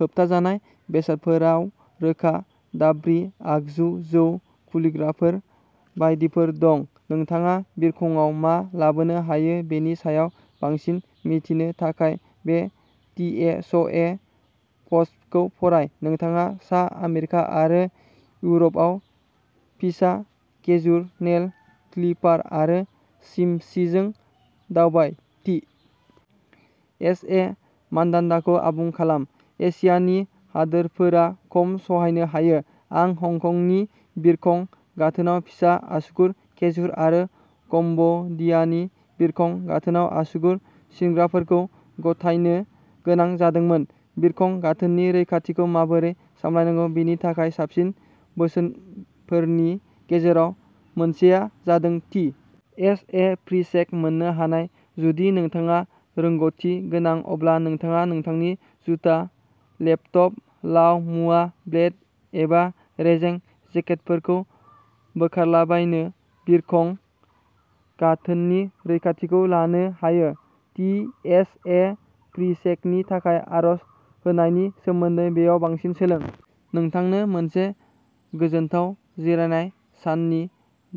होबथाजानाय बेसादफोराव रोखा-दाब्रि, आगजु, जौ खुलिग्राफोर बायदिफोर दं। नोंथाङा बिरखंआव मा लाबोनो हायो बेनि सायाव बांसिन मिथिनो थाखाय बे टिएसए पस्टखौ फराय। नोंथाङा सा आमेरिका आरो इउरपआव फिसा खेजुर, नेल क्लिपार आरो चिमसिजों दावबाय टि. -- एस. ए. मानदान्दाखौ आबुं खालाम। एशियानि हादोरफोरा खम सहायनो हायो। आं हंकंनि बिरखं गाथोनाव फिसा आसुगुर खेजुर आरो कम्बोडियानि बिरखं गाथोनाव आसुगुर सिनग्राफोरखौ गथायनो गोनां जादोंमोन। बिरखं गाथोननि रैखाथिखौ माबोरै सामलायनांगौ बेनि थाखाय साबसिन बोसोनफोरनि गेजेराव मोनसेआ जादों टि. -- एस. ए. प्रिचेक मोन्नो हानाय। जुदि नोंथाङा रोंग'थि गोनां, अब्ला नोंथाङा नोंथांनि जुथा, लेपटप, लाव-मुवा, ब्लेट एबा रेजें जेकेटफोरखौ बोखारालाबानो बिरखं गाथोननि रैखाथिखौ लानो हायो। टि. एस. ए. प्रिचेकनि थाखाय आर'ज होनायनि सोमोन्दै बेयाव बांसिन सोलों। नोंथांनो मोनसे गोजोनथाव जिरायनाय साननि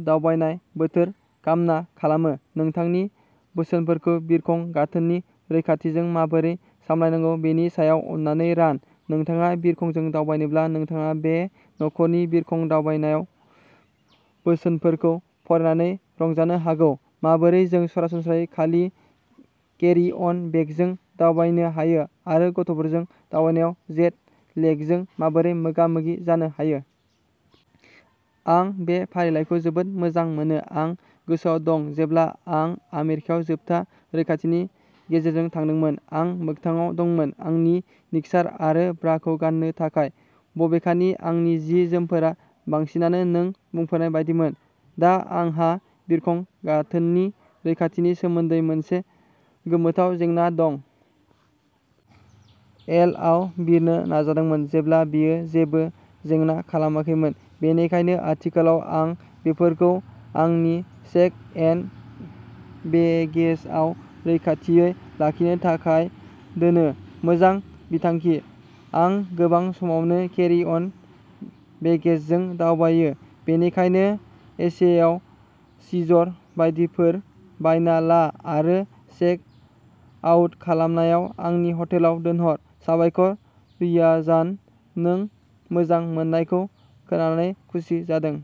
दावबायनाय बोथोर कामना खालामो। नोंथांनि बोसोनफोरखौ बिरखं गाथोननि रैखाथिजों माबोरै सामलायनांगौ बेनि सायाव अन्नानै रान। नोंथाङा बिरखंजों दावबायोब्ला, नोंथाङा बे नखरारि बिरखं दावबायनाय बोसोनफोरखौ फरायनानै रंजानो हागौ, माबोरै जों सरासनस्रायै खालि केरि-अन बेगेजजों दावबायनो हायो, आरो गथ'फोरजों दावबायनायाव जेट लेगजों माबोरै मोगा-मोगि जानो हायो। आं बे फारिलाइखौ जोबोद मोजां मोनो, आं गोसोआव दं जेब्ला आं आमेरिकायाव जोबथा रैखाथिनि गेजेरजों थांदोंमोन, आं मोगथाङाव दंमोन। आंनि निक्सार आरो ब्राखौ गाननो थाखाय। बबेखानि आंनि जि-जोमफोरा बांसिनानो नों बुंफोरनाय बायदिमोन। दा आंहा बिरखं गाथोननि रैखाथिनि सोमोन्दै मोनसे गोमोथाव जेंना दं। एल. आव बिरनो नाजादोंमोन, जेब्ला बेयो जेबो जेंना खालामाखैमोन। बेनिखायनो आथिखालाव, आं बेफोरखौ आंनि चेक-इन बेगेजआव रैखाथियै लाखिनो थाखाय दोनो। मोजां बिथांखि। आं गोबां समावनो केरि-अन बेगेजजों दावबायो, बेनिखायनो एसियायाव सिजर बायदिफोर बायना ला आरो चेक-आउट खालामनायाव आंनि हटेलाव दोनहर। साबायखर, रियाजान। नों मोजां मोननायखौ खोनानानै नों खुसि जादों।